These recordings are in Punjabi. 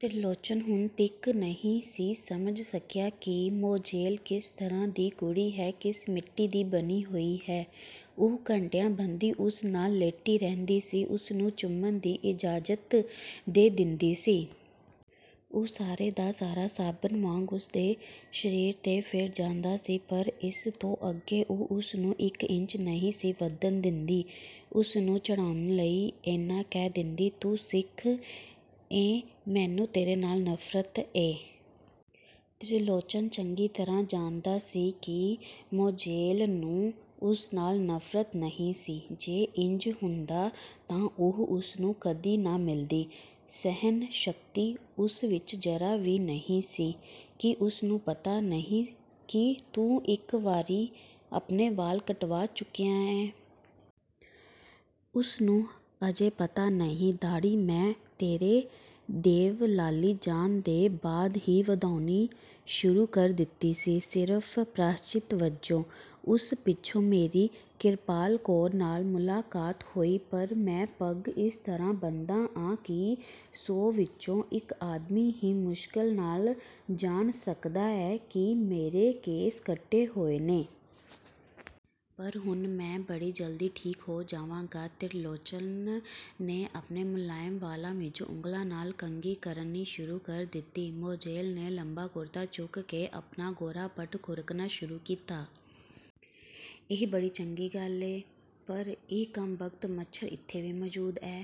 ਤਿਰਲੋਚਨ ਹੁਣ ਤੀਕ ਨਹੀਂ ਸੀ ਸਮਝ ਸਕਿਆ ਕਿ ਮੋਜ਼ੇਲ ਕਿਸ ਤਰ੍ਹਾਂ ਦੀ ਕੁੜੀ ਹੈ। ਕਿਸ ਮਿੱਟੀ ਦੀ ਬਣੀ ਹੋਈ ਹੈ। ਉਹ ਘੰਟਿਆਂ ਬੱਧੀ ਉਸ ਨਾਲ ਲੇਟੀ ਰਹਿੰਦੀ ਸੀ, ਉਸਨੂੰ ਚੁੰਮਣ ਦੀ ਇਜਾਜ਼ਤ ਦੇ ਦਿੰਦੀ ਸੀ। ਉਹ ਸਾਰੇ ਦਾ ਸਾਰਾ ਸਾਬਨ ਵਾਂਗ ਉਸਦੇ ਸਰੀਰ 'ਤੇ ਫਿਰ ਜਾਂਦਾ ਸੀ, ਪਰ ਇਸ ਤੋਂ ਅੱਗੇ ਉਹ ਉਸਨੂੰ ਇਕ ਇੰਚ ਨਹੀਂ ਸੀ ਵਧਣ ਦਿੰਦੀ। ਉਸਨੂੰ ਚਿੜਾਉਣ ਲਈ ਏਨਾ ਕਹਿ ਦਿੰਦੀ, "ਤੂੰ ਸਿੱਖ ਏਂ, ਮੈਨੂੰ ਤੇਰੇ ਨਾਲ ਨਫ਼ਰਤ ਏ। " ਤਿਰਲੋਚਨ ਚੰਗੀ ਤਰ੍ਹਾਂ ਜਾਣਦਾ ਸੀ ਕਿ ਮੋਜ਼ੇਲ ਨੂੰ ਉਸ ਨਾਲ ਨਫ਼ਰਤ ਨਹੀਂ ਸੀ। ਜੇ ਇੰਜ ਹੁੰਦਾ ਤਾਂ ਉਹ ਉਸਨੂੰ ਕਦੀ ਨਾ ਮਿਲਦੀ। ਸਹਿਣ-ਸ਼ਕਤੀ ਉਸ ਵਿਚ ਜ਼ਰਾ ਵੀ ਨਹੀਂ ਸੀ। ਕੀ ਉਸਨੂੰ ਪਤਾ ਨਹੀਂ ਕਿ ਤੂੰ ਇਕ ਵਾਰੀ ਆਪਣੇ ਵਾਲ ਕਟਵਾ ਚੁੱਕਿਆ ਏਂ? " "ਉਸਨੂੰ ਅਜੇ ਪਤਾ ਨਹੀਂ। ਦਾੜ੍ਹੀ ਮੈਂ ਤੇਰੇ ਦੇਵਲਾਲੀ ਜਾਣ ਦੇ ਬਾਅਦ ਹੀ ਵਧਾਉਣੀ ਸ਼ੁਰੂ ਕਰ ਦਿੱਤੀ ਸੀ, ਸਿਰਫ਼ ਪ੍ਰਾਸ਼ਚਿਤ ਵਜੋਂ। ਉਸ ਪਿੱਛੋਂ ਮੇਰੀ ਕਿਰਪਾਲ ਕੌਰ ਨਾਲ ਮੁਲਾਕਾਤ ਹੋਈ। ਪਰ ਮੈਂ ਪੱਗ ਇਸ ਤਰ੍ਹਾਂ ਬੰਨ੍ਹਦਾ ਆਂ ਕਿ ਸੌ ਵਿਚੋਂ ਇਕ ਆਦਮੀ ਹੀ ਮੁਸ਼ਕਲ ਨਾਲ ਜਾਣ ਸਕਦਾ ਏ ਕਿ ਮੇਰੇ ਕੇਸ ਕੱਟੇ ਹੋਏ ਨੇ। ਪਰ ਹੁਣ ਮੈਂ ਬੜੀ ਜਲਦੀ ਠੀਕ ਹੋ ਜਾਵਾਂਗਾ। " ਤਿਰਲੋਚਨ ਨੇ ਆਪਣੇ ਮੁਲਾਇਮ ਵਾਲਾਂ ਵਿਚ ਉਂਗਲਾਂ ਨਾਲ ਕੰਘੀ ਕਰਨੀ ਸ਼ੁਰੂ ਕਰ ਦਿੱਤੀ। ਮੋਜ਼ੇਲ ਨੇ ਲੰਮਾ ਕੁੜਤਾ ਚੁੱਕ ਕੇ ਆਪਣਾ ਗੋਰਾ ਪੱਟ ਖੁਰਕਣਾ ਸ਼ੁਰੂ ਕੀਤਾ। "ਇਹ ਬੜੀ ਚੰਗੀ ਗੱਲ ਏ, ਪਰ ਇਹ ਕੰਬਖਤ ਮੱਛਰ ਇੱਥੇ ਵੀ ਮੌਜ਼ੂਦ ਐ।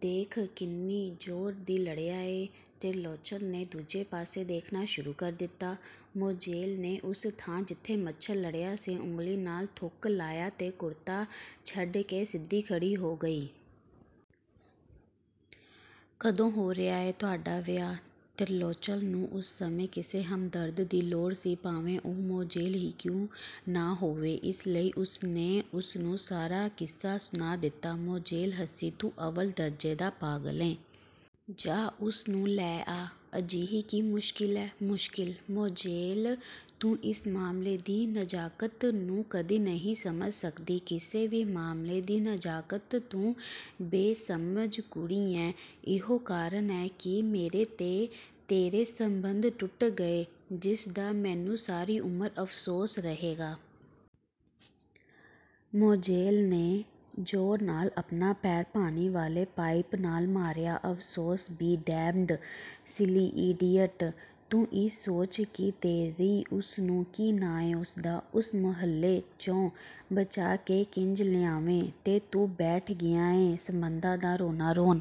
ਦੇਖ, ਕਿੰਨੀ ਜ਼ੋਰ ਦੀ ਲੜਿਆ ਏ! " ਤਿਰਲੋਚਨ ਨੇ ਦੂਜੇ ਪਾਸੇ ਦੇਖਣਾ ਸ਼ੁਰੂ ਕਰ ਦਿੱਤਾ। ਮੋਜ਼ੇਲ ਨੇ ਉਸ ਥਾਂ ਜਿੱਥੇ ਮੱਛਰ ਲੜਿਆ ਸੀ, ਉਂਗਲੀ ਨਾਲ ਥੁੱਕ ਲਾਇਆ ਤੇ ਕੁੜਤਾ ਛੱਡ ਕੇ ਸਿੱਧੀ ਖੜ੍ਹੀ ਹੋ ਗਈ। "ਕਦੋਂ ਹੋ ਰਿਹਾ ਏ ਤੁਹਾਡਾ ਵਿਆਹ? " ਤਿਰਲੋਚਨ ਨੂੰ ਉਸ ਸਮੇਂ ਕਿਸੇ ਹਮਦਰਦ ਦੀ ਲੋੜ ਸੀ, ਭਾਵੇਂ ਉਹ ਮੋਜ਼ੇਲ ਹੀ ਕਿਉਂ ਨਾ ਹੋਵੇ। ਇਸ ਲਈ ਉਸਨੇ ਉਸਨੂੰ ਸਾਰਾ ਕਿੱਸਾ ਸੁਣਾ ਦਿੱਤਾ। ਮੋਜ਼ੇਲ ਹੱਸੀ, "ਤੂੰ ਅੱਵਲ ਦਰਜ਼ੇ ਦਾ ਪਾਗਲ ਏਂ। ਜਾਹ, ਉਸਨੂੰ ਲੈ ਆ, ਅਜਿਹੀ ਕੀ ਮੁਸ਼ਕਿਲ ਏ? " "ਮੁਸ਼ਕਿਲ! ਮੋਜ਼ੇਲ ਤੂੰ ਇਸ ਮਾਮਲੇ ਦੀ ਨਜ਼ਾਕਤ ਨੂੰ ਕਦੀ ਨਹੀਂ ਸਮਝ ਸਕਦੀ। ਕਿਸੇ ਵੀ ਮਾਮਲੇ ਦੀ ਨਜ਼ਾਕਤ, ਤੂੰ ਬੇਸ਼ਮਝ ਕੁੜੀ ਏਂ। ਇਹੋ ਕਾਰਨ ਹੈ ਕਿ ਮੇਰੇ ਤੇ ਤੇਰੇ ਸੰਬੰਧ ਟੁੱਟ ਗਏ, ਜਿਸਦਾ ਮੈਨੂੰ ਸਾਰੀ ਉਮਰ ਅਫ਼ਸੋਸ ਰਹੇਗਾ। " ਮੋਜ਼ੇਲ ਨੇ ਜ਼ੋਰ ਨਾਲ ਆਪਣਾ ਪੈਰ ਪਾਣੀ ਵਾਲੇ ਪਾਈਪ ਨਾਲ ਮਾਰਿਆ, "ਅਫ਼ਸੋਸ ਬੀ ਡੈਮਡ—ਸਿਲੀ, ਈਡੀਅਟ! ਤੂੰ ਇਹ ਸੋਚ ਕਿ ਤੇਰੀ ਉਸਨੂੰ, ਕੀ ਨਾਂ ਏਂ ਉਸਦਾ, ਉਸ ਮੁਹੱਲੇ 'ਚੋਂ ਬਚਾ ਕੇ ਕਿੰਜ ਲਿਆਵੇਂ, ਤੇ ਤੂੰ ਬੈਠ ਗਿਆ ਏਂ ਸੰਬੰਧਾਂ ਦਾ ਰੋਣਾ-ਰੋਣ।